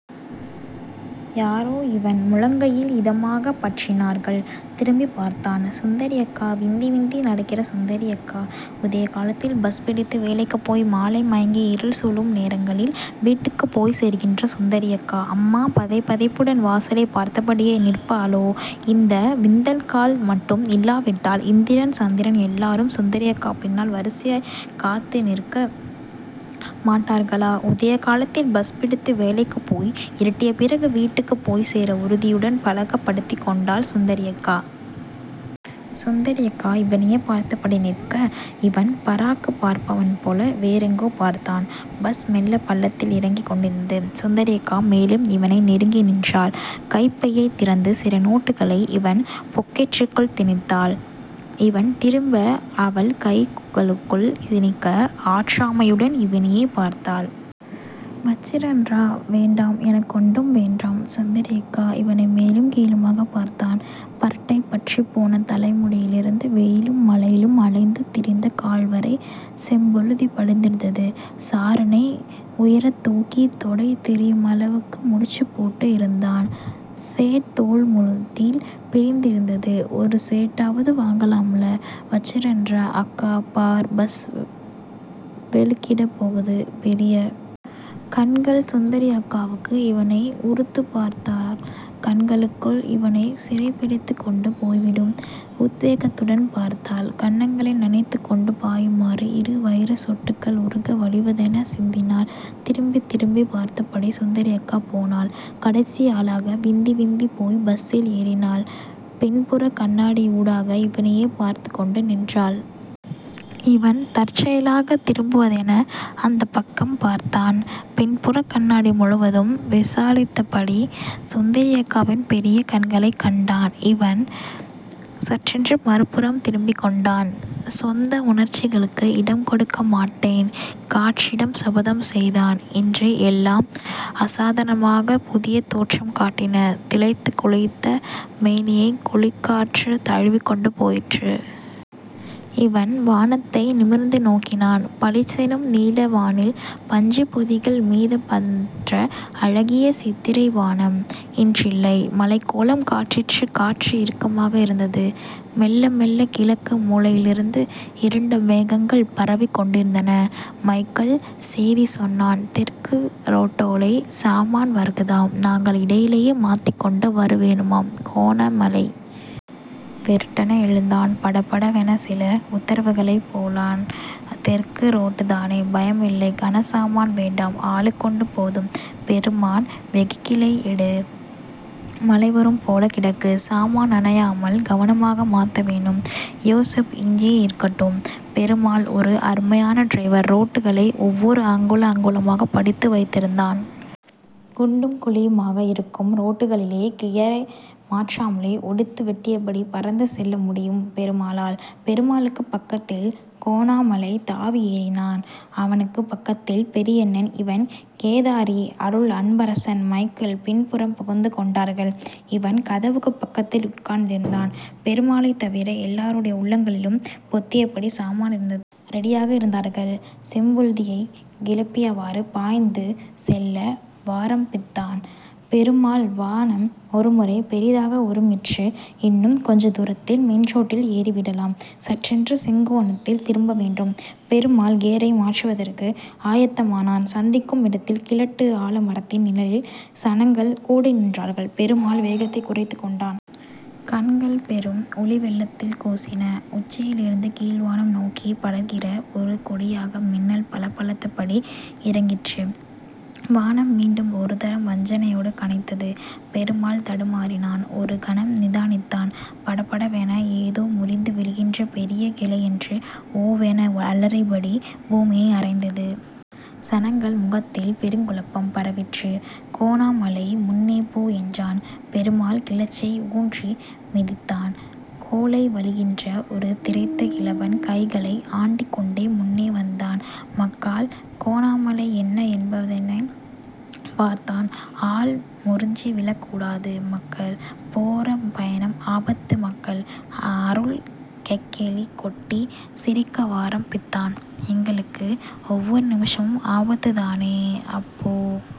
யாரோ இவன் முழங்கையில் இதமாகப் பற்றினார்கள். திரும்பிப்பார்த்தான். சுந்தரியக்கா விந்தி விந்தி நடக்கிற சுந்தரியக்கா உதயகாலத்தில் பஸ்பிடித்து வேலைக்குப் போய் மாலை மயங்கி இருள்சூளும் நேரங்களில் வீட்டுக்குப் போய்ச்சேர்கிற சுந்தரியக்கா அம்மா பதைபதைப்புடன் வாசலைப் பார்த்தபடியே நிற்பாளோ இந்த விந்தல் கால் மட்டும் இல்லாவிட்டால் இந்திரன் சந்திரன் எல்லாரும் சுந்தரியக்கா பின்னால் வரிசையாக காத்து நிற்க மாட்டார்களோ உதயகாலத்தில் பஸ்பிடித்து வேலைக்குப்போய் இருட்டியபிறகு வீட்டுக்குப் போய்ச்சேர உறுதியுடன் பழக்கப்படுத்திக் கொண்டாள் சுந்தரியக்கா. சுந்தரியக்கா இவனையே பார்த்தபடி நிற்க. இவன் பராக்குப் பார்ப்பவன் போல வேறெங்கோ பார்த்தான். பஸ் மெல்ல பள்ளத்தில் இறங்கிக் கொண்டிருந்தது. சுந்தரியக்கா மேலும் இவனை நெருங்கி நின்றாள். கைப்பையைத் திறந்து சில நோட்டுகளை இவன் பொக்கெற்றுக்குள் திணித்தாள். இவன் திரும்ப அவள் கைகளுக்குள் திணிக்க... ஆற்றாமையுடன் இவனையே பார்த்தாள். வச்சிரன்ரா...வேண்டாம்... எனக்கொண்டும் வேண்டாம். சுந்தரியக்கா இவனை மேலும் கீழுமாக பார்த்தான். பறட்டை பற்றிப்போன தலைமுடியிலிருந்து வெயிலும் மழையிலும் அலைந்து திரிந்த கால்வரை செம்புழுதி படிந்திருந்தது. சாறனை உயரத்தூக்கி தொடை தரியுமளவுக்கு முடிச்சுப்போட்டு இருந்தான். சேட் தோள்மூட்டில் பிரிந்திருந்தது ஒரு சேட்டாவது வாங்கலாமெல்லே... வச்சிரன்ரா...அக்கா.... பார்... பஸ் வெளிக்கிடப் போகுது..பெரிய கண்கள் சுந்தரியக்காவுக்கு. இவனை உறுத்துப்பார்த்தாள். கண்களுக்குள இவனைச் சிறைப்பிடித்துக் கொண்டு போய்விடும் உத்வேகத்துடன் பார்த்தாள். கன்னங்களை நனைத்துக் கொண்டு பாயுமாறு இரு வைரச்சொட்டுகள் உருக வழிவதென சிந்தினாள். திரும்பித் திரும்பிப் பார்த்தபடி சுந்தரியக்கா போனாள். கடைசி ஆளாக விந்தி விந்திப் போய் பஸ்ஸில் ஏறினாள். பின்புறக் கண்ணாடியூடாக இவனையே பார்த்துக் கொண்டு நின்றாள். இவன் தற்செயலாக திரும்புபவனென அந்தப்பக்கம் பார்த்தான். பின்புறக்கண்ணாடி முழுவதும் விசாலித்தபடி சுந்தரியக்காவின் பெரிய. கண்களைக் கண்டான். இவன் சட்டென்று மறுபுறம் திரும்பிக்கொண்டான். சொந்த உணர்ச்சிகளுக்கு இடம் கொடுக்க மாட்டேன் காற்றிடம் சபதம் செய்தான். இன்று எல்லாம் அசாதாரணமான புதியதோற்றம் காட்டின. திளைத்துக் குளித்த மேனியை குளிர்காற்று தழுவிக்கொண்டு போயிற்று. இவன் வானத்தை நிமிர்ந்து நோக்கினான். பளிச் செனும் நீலவானில் பஞ்சுப் பொதிகள் மிதப்பதன்ற அழகிய சித்திரைவானம் இன்றில்லை. மழைக்கோலம் காட்டிற்று. காற்று இறுக்கமாக இருந்தது. மெல்லமெல்ல கிழக்கு மூலையிலிருந்து இருண்டமேகங்கள் பரவிக் கொண்டிருந்தன. மைக்கேல் சேதி சொன்னான் தெற்கு றோட்டாலை சாமான் வருகுதாம்... நாங்கள் இடையிலே மாத்திக் கொண்டு வரவேணுமாம்...கோணாமலை விருட்டென எழுந்தான். படபடவென சில உத்தரவுகளைப் போள்ளான். தெற்கு றோட்டுத்தானே. பயமில்லை..... கனசாமான் வேண்டாம். ஆளுக்கொண்டு போதும். பெருமாள் வெகிக்கிளை எடு.... மழைவரும்போல கிடக்கு... சாமான் நனையாமல் கவனமாக மாத்தவேணும். யோசேப் இஞ்சேயே இருக்கட்டும் பெருமாள் ஒரு அருமையான ட்ரைவர் ரோட்டுகளை ஒவ்வொரு அங்குல அங்குலமாகப் படித்து வைத்திருந்தான். குண்டும் குழியுமாக இருக்கும் ரோட்டுகளிலே கியரை மாற்றாமலே ஒடித்து வெட்டியபடி பறந்து செல்ல முடியும் பெருமாளால். பெருமாளுக்குப் பக்கத்தில் கோணாமலை தாவி ஏறினான். அவனுக்குப் பக்கத்தில் பெரியண்ணன். இவன்.... கேதாரி... அருள்.... அன்பரசன்..... மைக்கேல்.... பின்புறம் புகுந்து கொண்டார்கள். இவன் கதவுக்குப் பக்கத்தில் உட்கார்ந்திருந்தான். பெருமாளைத் தவிர எல்லோருடைய உள்ளங்களிலும் பொத்தியபடி சாமான் இருந்த. ரெடியாக இருந்தார்கள். செம்புழுதியைக் கிளப்பியவாறு பாய்ந்து செல்ல வாரம்பித்தான் பெருமாள் வானம் ஒருமுறை பெரிதாக உறுமிற்று. இன்னும் கொஞ்ச தூரத்தில் மெயின்ரோட்டில் ஏறிவிடலாம். சட்டென்று செங்கோணத்தில் திரும்பவேண்டும். பெருமாள் கியரை மாற்றுவதற்க ஆயத்தமானான். சந்திக்கும் இடத்தில் கிழட்டு ஆலமரத்தின் நிழலில் சனங்கள் கூடிநின்றார்கள். பெருமாள் வேகத்தைக் குறைத்துக் கொண்டான். கண்கள் பெரும் ஒளிவெள்ளத்தில் கூசின. உச்சியிலிருந்து கீழ்வானம் நோக்கி படர்கிற ஒரு கொடியாக மின்னல் பளபளத்த படி இறங்கிற்று. வானம் மீண்டும் ஒருதரம் வஞ்சனையுடன் கனைத்தது. பெருமாள் தடுமாறினான். ஒரு கணம் நிதானித்தான். படபடவென ஏதோ முறிந்து விழுகின்ற பெரிய கிளையன்று ஓவென அலறியபடி பூமியை அறைந்தது. சனங்கள் முகத்தில் பெருங்குழப்பம் பரவிற்று. கோணாமலை முன்னேபோ என்றான். பெருமாள் கிளச்சை ஊன்றி மிதித்தான். கோழை வழிகின்ற ஒரு திரைத்த கிழவன் கைகளை ஆட்டிக்கொண்டே முன்னே வந்தான். மக்காள்... கோணாமலை என்ன என்பவனெனப் பார்த்தான். ஆல் முறிஞ்சு விழக்கூடாது மக்காள்..போறபயணம் ஆபத்து மக்காள். அருள் கெக்கெலி கொட்டிச் சிரிக்கவாரம்பித்தான். எங்களுக்கு ஒவ்வொரு நிமிசமும் ஆபத்துத் தானேணே அப்பு